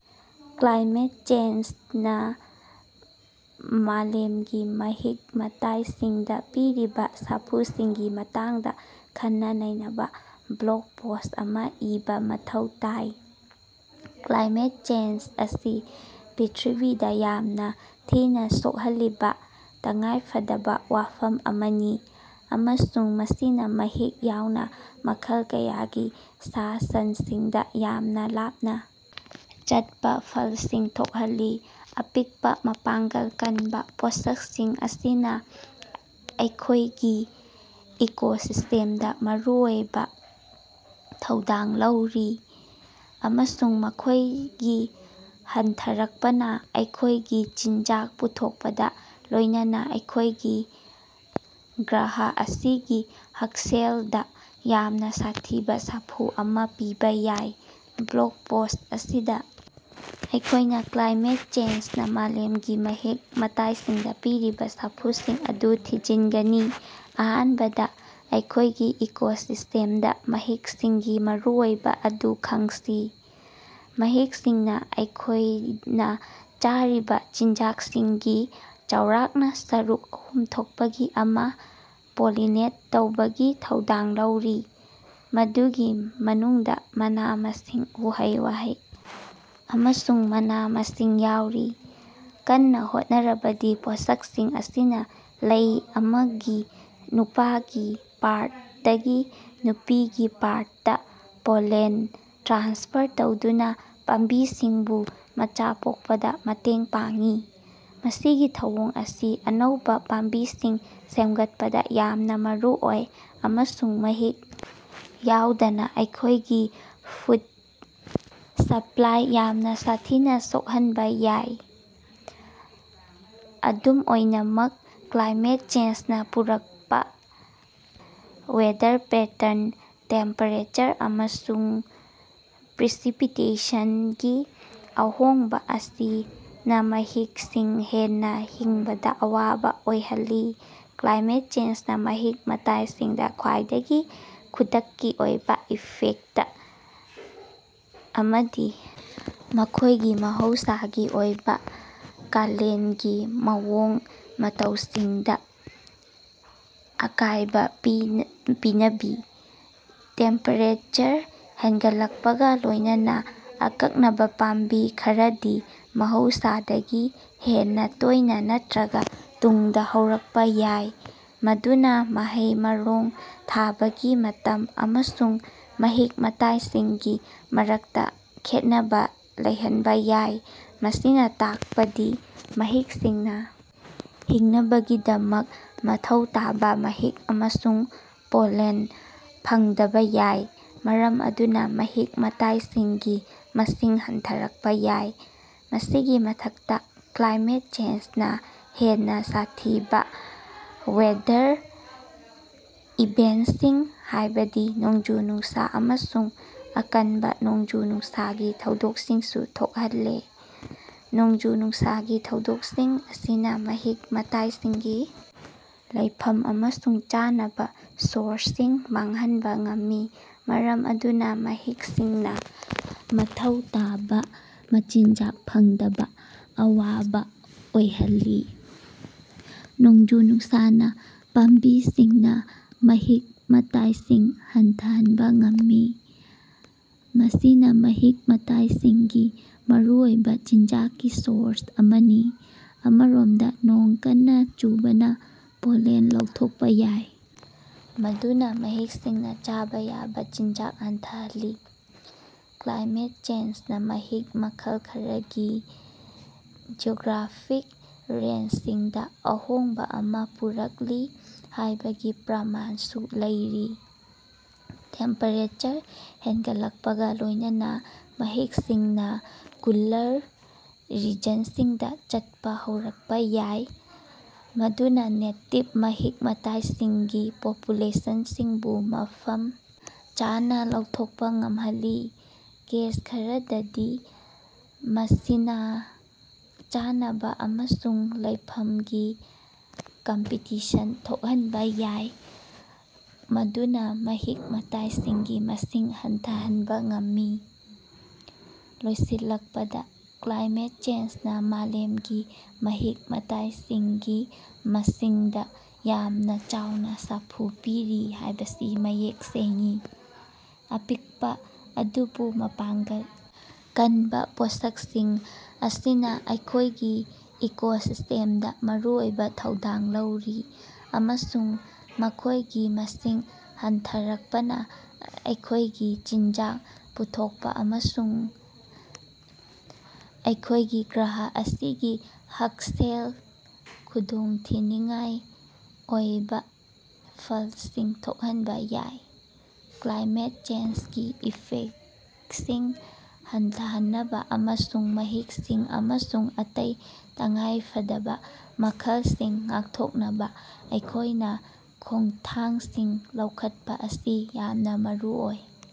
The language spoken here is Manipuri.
ꯀ꯭ꯂꯥꯏꯃꯦꯠ ꯆꯦꯟꯖꯅ ꯃꯥꯂꯦꯝꯒꯤ ꯃꯍꯤꯛ-ꯃꯇꯥꯏꯁꯤꯡꯗ ꯄꯤꯔꯤꯕ ꯁꯥꯐꯨꯁꯤꯡꯒꯤ ꯃꯇꯥꯡꯗ ꯈꯟꯅ-ꯅꯩꯅꯕ ꯕ꯭ꯂꯣꯒ ꯄꯣꯁ ꯑꯃ ꯏꯕ ꯃꯊꯧ ꯇꯥꯏ꯫ ꯀ꯭ꯂꯥꯏꯃꯦꯠ ꯆꯦꯟꯖ ꯑꯁꯤ ꯄ꯭ꯔꯤꯊꯤꯕꯤꯗ ꯌꯥꯝꯅ ꯊꯤꯅ ꯁꯣꯛꯍꯜꯂꯤꯕ ꯇꯉꯥꯏꯐꯗꯕ ꯋꯥꯐꯝ ꯑꯃꯅꯤ, ꯑꯃꯁꯨꯡ ꯃꯁꯤꯅꯥ ꯃꯍꯤꯛ ꯌꯥꯎꯅ ꯃꯈꯜ ꯀꯌꯥꯒꯤ ꯁꯥ-ꯁꯟꯁꯤꯡꯗ ꯌꯥꯝꯅ ꯂꯥꯞꯅ ꯆꯠꯄ ꯐꯜꯁꯤꯡ ꯊꯣꯛꯍꯜꯂꯤ꯫ ꯑꯄꯤꯛꯄ ꯃꯄꯥꯡꯒꯜ ꯀꯟꯕ ꯄꯣꯠꯁꯛꯁꯤꯡ ꯑꯁꯤꯅꯥ ꯑꯩꯈꯣꯌꯡꯏꯒꯤ ꯏꯀꯣꯁꯤꯁꯇꯦꯝꯗꯥ ꯃꯔꯨꯑꯣꯏꯕ ꯊꯧꯗꯥꯡ ꯂꯧꯔꯤ, ꯑꯃꯁꯨꯡ ꯃꯈꯣꯏꯒꯤ ꯍꯟꯊꯔꯛꯄꯅ ꯑꯩꯈꯣꯏꯒꯤ ꯆꯤꯟꯖꯥꯛ ꯄꯨꯊꯣꯛꯄꯗ, ꯂꯣꯏꯅꯅꯥ ꯑꯩꯈꯣꯏꯒꯤ ꯒ꯭ꯔꯍ ꯑꯁꯤꯒꯤ ꯍꯛꯁꯦꯂꯗ ꯌꯥꯝꯅ ꯁꯥꯊꯤꯕ ꯁꯥꯐꯨ ꯑꯃꯥ ꯄꯤꯕ ꯌꯥꯏ꯫ ꯕ꯭ꯂꯣꯒ ꯄꯣꯁ ꯑꯁꯤꯗ ꯑꯩꯈꯣꯏꯅ ꯀ꯭ꯂꯥꯏꯃꯦꯠ ꯆꯦꯟꯖꯅꯥ ꯃꯥꯂꯦꯝꯒꯤ ꯃꯍꯤꯛ-ꯃꯇꯥꯏꯁꯤꯡꯗ ꯄꯤꯔꯤꯕ ꯁꯥꯐꯨꯁꯤꯡ ꯑꯗꯨ ꯊꯤꯖꯤꯟꯒꯅꯤ꯫ ꯑꯍꯥꯟꯕꯗ ꯑꯩꯈꯣꯏꯒꯤ ꯏꯀꯣꯁꯤꯁꯇꯦꯝꯗ ꯃꯍꯤꯛꯁꯤꯡꯒꯤ ꯃꯔꯨꯑꯣꯏꯕꯥ ꯑꯗꯨ ꯈꯪꯁꯤ꯫ ꯃꯍꯤꯛꯁꯤꯡꯅ ꯑꯩꯈꯣꯏꯅ ꯆꯥꯔꯤꯕ ꯆꯤꯟꯖꯥꯛꯁꯤꯡꯒꯤ ꯆꯥꯎꯔꯥꯛꯅꯥ ꯁꯔꯨꯛ ꯑꯍꯨꯝ ꯊꯣꯛꯄꯒꯤ ꯑꯃꯥ ꯄꯣꯂꯤꯅꯦꯠ ꯇꯧꯕꯒꯤ ꯊꯧꯗꯥꯡ ꯂꯧꯔꯤ, ꯃꯗꯨꯒꯤ ꯃꯅꯨꯡꯗꯥ ꯃꯅꯥ-ꯃꯁꯤꯡ, ꯎꯍꯩ-ꯋꯥꯍꯩ ꯑꯃꯁꯨꯡ ꯃꯅꯥ-ꯃꯁꯤꯡ ꯌꯥꯎꯔꯤ꯫ ꯀꯟꯅ ꯍꯣꯠꯅꯔꯤꯕꯗꯤ ꯄꯣꯠꯁꯛꯁꯤꯡ ꯑꯁꯤꯅꯥ ꯂꯩ ꯑꯃꯒꯤ ꯅꯨꯄꯥꯒꯤ ꯄꯥꯔꯇ ꯇꯒꯤ ꯅꯨꯄꯤꯒꯤ ꯄꯥꯔꯇ ꯇ ꯄꯣꯂꯟ ꯇ꯭ꯔꯥꯟꯁꯐꯔ ꯇꯧꯗꯨꯅꯥ ꯄꯥꯝꯕꯤꯁꯤꯡꯕꯨ ꯃꯆꯥ ꯄꯣꯛꯄꯗ ꯃꯇꯦꯡ ꯄꯥꯡꯏ꯫ ꯃꯁꯤꯒꯤ ꯊꯧꯑꯣꯡ ꯑꯁꯤ ꯑꯅꯧꯕꯥ ꯄꯥꯝꯕꯤꯁꯤꯡ ꯁꯦꯝꯒꯠꯄꯗꯥ ꯌꯥꯝꯅ ꯃꯔꯨꯑꯣꯏ, ꯑꯃꯁꯨꯡ ꯃꯍꯤꯛ ꯌꯥꯎꯗꯅ ꯑꯩꯈꯣꯏꯒꯤ ꯐꯨꯗ ꯁꯞꯂꯥꯏꯗ ꯌꯥꯝꯅꯥ ꯁꯥꯊꯤꯅ ꯁꯣꯛꯍꯟꯕ ꯌꯥꯏ꯫ ꯑꯗꯨꯝ ꯑꯣꯏꯅꯃꯛ, ꯀ꯭ꯂꯥꯏꯃꯦꯠ ꯆꯦꯟꯖꯅꯥ ꯄꯨꯔꯛꯄ ꯋꯦꯗꯔ ꯄꯦꯇꯔꯟ, ꯇꯦꯝꯄꯦꯔꯦꯆꯔ ꯑꯃꯁꯨꯡ ꯄ꯭ꯔꯤꯁꯤꯄꯤꯇꯦꯁꯅꯒꯤ ꯑꯍꯣꯡꯕ ꯑꯁꯤꯅ ꯃꯍꯤꯛꯁꯤꯡ ꯍꯦꯟꯅ ꯍꯤꯡꯕꯗ ꯑꯋꯥꯕ ꯑꯣꯏꯍꯜꯂꯤ꯫ ꯀ꯭ꯂꯥꯏꯃꯦꯠ ꯆꯦꯟꯖꯅꯥ ꯃꯍꯤꯛ-ꯃꯇꯥꯏꯁꯤꯡꯗꯥ ꯈ꯭ꯋꯥꯏꯗꯒꯤ ꯈꯨꯗꯛꯀꯤ ꯑꯣꯏꯕ ꯏꯐꯦꯛꯇ ꯑꯃꯗꯤ ꯃꯈꯣꯏꯒꯤ ꯃꯍꯧꯁꯥꯒꯤ ꯑꯣꯏꯕꯥ ꯀꯥꯂꯦꯟꯒꯤ ꯃꯑꯣꯡ-ꯃꯇꯧꯁꯤꯡꯗꯥ ꯑꯀꯥꯏꯕꯥ ꯄꯤꯅꯥ ꯄꯤꯅꯕꯤ꯫ ꯇꯦꯝꯄꯦꯔꯦꯆꯔ ꯍꯦꯟꯒꯠꯂꯛꯄꯒ ꯂꯣꯏꯅꯅ, ꯑꯀꯛꯅꯕꯥ ꯄꯥꯝꯕꯤ ꯈꯔꯗꯤ ꯃꯍꯧꯁꯥꯗꯒꯤ ꯍꯦꯟꯅꯥ ꯇꯣꯏꯅ ꯅꯠꯇ꯭ꯔꯒ ꯇꯨꯡꯗ ꯍꯧꯔꯛꯄꯥ ꯌꯥꯏ, ꯃꯗꯨꯅꯥ ꯃꯍꯩ-ꯃꯔꯣꯡ ꯊꯥꯕꯒꯤ ꯃꯇꯝ ꯑꯃꯁꯨꯡ ꯃꯍꯤꯛ-ꯃꯇꯥꯏꯁꯤꯡꯒꯤ ꯃꯔꯛꯇꯥ ꯈꯦꯠꯅꯕꯥ ꯂꯩꯍꯟꯕꯥ ꯌꯥꯏ꯫ ꯃꯁꯤꯅꯥ ꯇꯥꯛꯄꯗꯤ ꯃꯍꯤꯛꯁꯤꯡꯅ ꯍꯤꯡꯅꯕꯒꯤꯗꯃꯛ ꯃꯊꯧ ꯇꯥꯕ ꯃꯍꯤꯛ ꯑꯃꯁꯨꯡ ꯄꯣꯂꯟ ꯐꯪꯗꯕꯥ ꯌꯥꯏ, ꯃꯔꯝ ꯑꯗꯨꯅ ꯃꯍꯤꯛ-ꯃꯇꯥꯏꯁꯤꯡꯒꯤ ꯃꯁꯤꯡ ꯍꯟꯊꯔꯛꯄ ꯌꯥꯏ꯫ ꯃꯁꯤꯒꯤ ꯃꯊꯛꯇꯥ, ꯀ꯭ꯂꯥꯏꯃꯦꯠ ꯆꯦꯟꯖꯅꯥ ꯍꯦꯟꯅꯥ ꯁꯥꯊꯤꯕꯥ ꯋꯦꯗꯔ ꯏꯚꯦꯟꯇꯁꯤꯡ, ꯍꯥꯌꯕꯗꯤ ꯅꯣꯡꯖꯨ-ꯅꯨꯡꯁꯥ ꯑꯃꯁꯨꯡ ꯑꯀꯟꯕ ꯅꯣꯡꯖꯨ-ꯅꯨꯡꯁꯥꯒꯤ ꯊꯧꯗꯣꯛꯁꯤꯡꯁꯨ ꯊꯣꯛꯍꯜꯂꯦ꯫ ꯅꯣꯡꯖꯨ-ꯅꯨꯡꯁꯥꯒꯤ ꯊꯧꯗꯣꯛꯁꯤꯡ ꯑꯁꯤꯅꯥ ꯃꯍꯤꯛ-ꯃꯇꯥꯏꯁꯤꯡꯒꯤ ꯂꯩꯐꯝ ꯑꯃꯁꯨꯡ ꯆꯥꯅꯕ ꯁꯣꯔꯁꯁꯤꯡ ꯃꯥꯡꯍꯟꯕ ꯉꯝꯃꯤ, ꯃꯔꯝ ꯑꯗꯨꯅ ꯃꯍꯤꯛꯁꯤꯡꯅ ꯃꯊꯧ ꯇꯥꯕꯥ ꯃꯆꯤꯟꯖꯥꯛ ꯐꯪꯕꯗ ꯑꯋꯥꯕ ꯑꯣꯏꯍꯜꯂꯤ꯫ ꯅꯣꯡꯖꯨ-ꯅꯨꯡꯁꯥꯅꯥ ꯄꯥꯝꯕꯤꯁꯤꯡꯅꯥ ꯃꯍꯤꯛ-ꯃꯇꯥꯏꯁꯤꯡ ꯍꯟꯊꯍꯟꯕ ꯉꯝꯃꯤ, ꯃꯁꯤꯅꯥ ꯃꯍꯤꯛ-ꯃꯇꯥꯏꯁꯤꯡꯒꯤ ꯃꯔꯨꯑꯣꯏꯕꯥ ꯆꯤꯟꯖꯥꯛꯀꯤ ꯁꯣꯔꯁ ꯑꯃꯅꯤ꯫ ꯑꯃꯔꯣꯝꯗ, ꯅꯣꯡ ꯀꯟꯅ ꯆꯨꯕꯅ ꯄꯣꯂꯟ ꯂꯧꯊꯣꯛꯄꯥ ꯌꯥꯏ, ꯃꯗꯨꯅꯥ ꯃꯍꯤꯛꯁꯤꯡꯅ ꯆꯥꯕ ꯌꯥꯕ ꯆꯤꯟꯖꯥꯛ ꯍꯟꯊꯍꯜꯂꯤ꯫ ꯀ꯭ꯂꯥꯏꯃꯦꯠ ꯆꯦꯟꯖꯅꯥ ꯃꯍꯤꯛ ꯃꯈꯜ ꯈꯔꯒꯤ ꯖꯤꯑꯣꯒ꯭ꯔꯥꯐꯤꯛ ꯔꯦꯟꯖꯁꯤꯡꯗ ꯑꯍꯣꯡꯕ ꯑꯃ ꯄꯨꯔꯛꯂꯤ ꯍꯥꯏꯕꯒꯤ ꯄ꯭ꯔꯃꯥꯟꯁꯨ ꯂꯩꯔꯤ꯫ ꯇꯦꯝꯄꯦꯔꯦꯆꯔ ꯍꯦꯟꯒꯠꯂꯛꯄꯒꯥ ꯂꯣꯏꯅꯅ ꯃꯍꯤꯛꯁꯤꯡꯅ ꯀꯨꯂꯔ ꯔꯤꯖꯟꯁꯤꯡꯗ ꯆꯠꯄ ꯍꯧꯔꯛꯄ ꯌꯥꯏ, ꯃꯗꯨꯅ ꯅꯦꯇꯤꯚ ꯃꯍꯤꯛ-ꯃꯇꯥꯏꯁꯤꯡꯒꯤ ꯄꯣꯄꯨꯂꯦꯁꯟꯁꯤꯡꯕꯨ ꯃꯐꯝ ꯆꯥꯅꯥ ꯂꯧꯊꯣꯛꯄꯥ ꯉꯝꯍꯜꯂꯤ꯫ ꯀꯦꯁ ꯈꯔꯗꯗꯤ ꯃꯁꯤꯅꯥꯡ ꯆꯥꯅꯕ ꯑꯃꯁꯨꯡ ꯂꯩꯐꯝꯒꯤ ꯀꯝꯄꯤꯇꯤꯁꯟ ꯊꯣꯛꯍꯟꯕ ꯌꯥꯏ, ꯃꯗꯨꯅ ꯃꯍꯤꯛ-ꯃꯇꯥꯏꯁꯤꯡꯒꯤ ꯃꯁꯤꯡ ꯍꯟꯊꯍꯟꯕ ꯉꯝꯃꯤ꯫ ꯂꯣꯏꯁꯤꯜꯂꯛꯄꯗ, ꯀ꯭ꯂꯥꯏꯃꯦꯠ ꯆꯦꯟꯖꯅꯥ ꯃꯥꯂꯦꯝꯒꯤ ꯃꯍꯤꯛ-ꯃꯇꯥꯏꯁꯤꯡꯒꯤ ꯃꯁꯤꯡꯗꯥ ꯌꯥꯝꯅꯥ ꯆꯥꯎꯅꯥ ꯁꯥꯐꯨ ꯄꯤꯔꯤ ꯍꯥꯏꯕꯁꯤ ꯃꯌꯦꯛ ꯁꯦꯡꯏ꯫ ꯑꯄꯤꯛꯄꯥ ꯑꯗꯨꯕꯨ ꯃꯄꯥꯡꯒꯜ ꯀꯟꯕ ꯄꯣꯠꯁꯛꯁꯤꯡ ꯑꯁꯤꯅꯥ ꯑꯩꯈꯣꯏꯒꯤ ꯏꯀꯣꯁꯤꯁ꯭ꯇꯦꯝꯗ ꯃꯔꯨꯑꯣꯏꯕ ꯊꯧꯗꯥꯡ ꯂꯧꯔꯤ, ꯑꯃꯁꯨꯡ ꯃꯈꯣꯏꯒꯤ ꯃꯁꯤꯡ ꯍꯟꯊꯔꯛꯄꯅ ꯑꯩꯈꯣꯏꯒꯤ ꯆꯤꯟꯖꯥꯛ ꯄꯨꯊꯣꯛꯄ ꯑꯃꯁꯨꯡ ꯑꯩꯈꯣꯏꯒꯤ ꯒ꯭ꯔꯍ ꯑꯁꯤꯒꯤ ꯍꯛꯁꯦꯜꯗ ꯈꯨꯗꯣꯡꯊꯤꯅꯤꯡꯉꯥꯏ ꯑꯣꯏꯕꯥ ꯐꯜꯁꯤꯡ ꯊꯣꯛꯍꯟꯕ ꯌꯥꯏ꯫ ꯀ꯭ꯂꯥꯏꯃꯦꯠ ꯆꯦꯟꯖꯒꯤ ꯏꯐꯦꯛꯇꯁꯤꯡ ꯍꯟꯊꯍꯟꯅꯕꯥ ꯑꯃꯁꯨꯡ ꯃꯍꯤꯛꯁꯤꯡ ꯑꯃꯁꯨꯡ ꯑꯇꯩ ꯇꯉꯥꯏꯐꯗꯕꯥ ꯃꯈꯜꯁꯤꯡ ꯉꯥꯛꯊꯣꯛꯅꯕ ꯑꯩꯈꯣꯏꯅ ꯈꯣꯡꯊꯥꯡꯁꯤꯡ ꯂꯧꯈꯠꯄꯥ ꯑꯁꯤ ꯌꯥꯝꯅꯥ ꯃꯔꯨꯑꯣꯏ꯫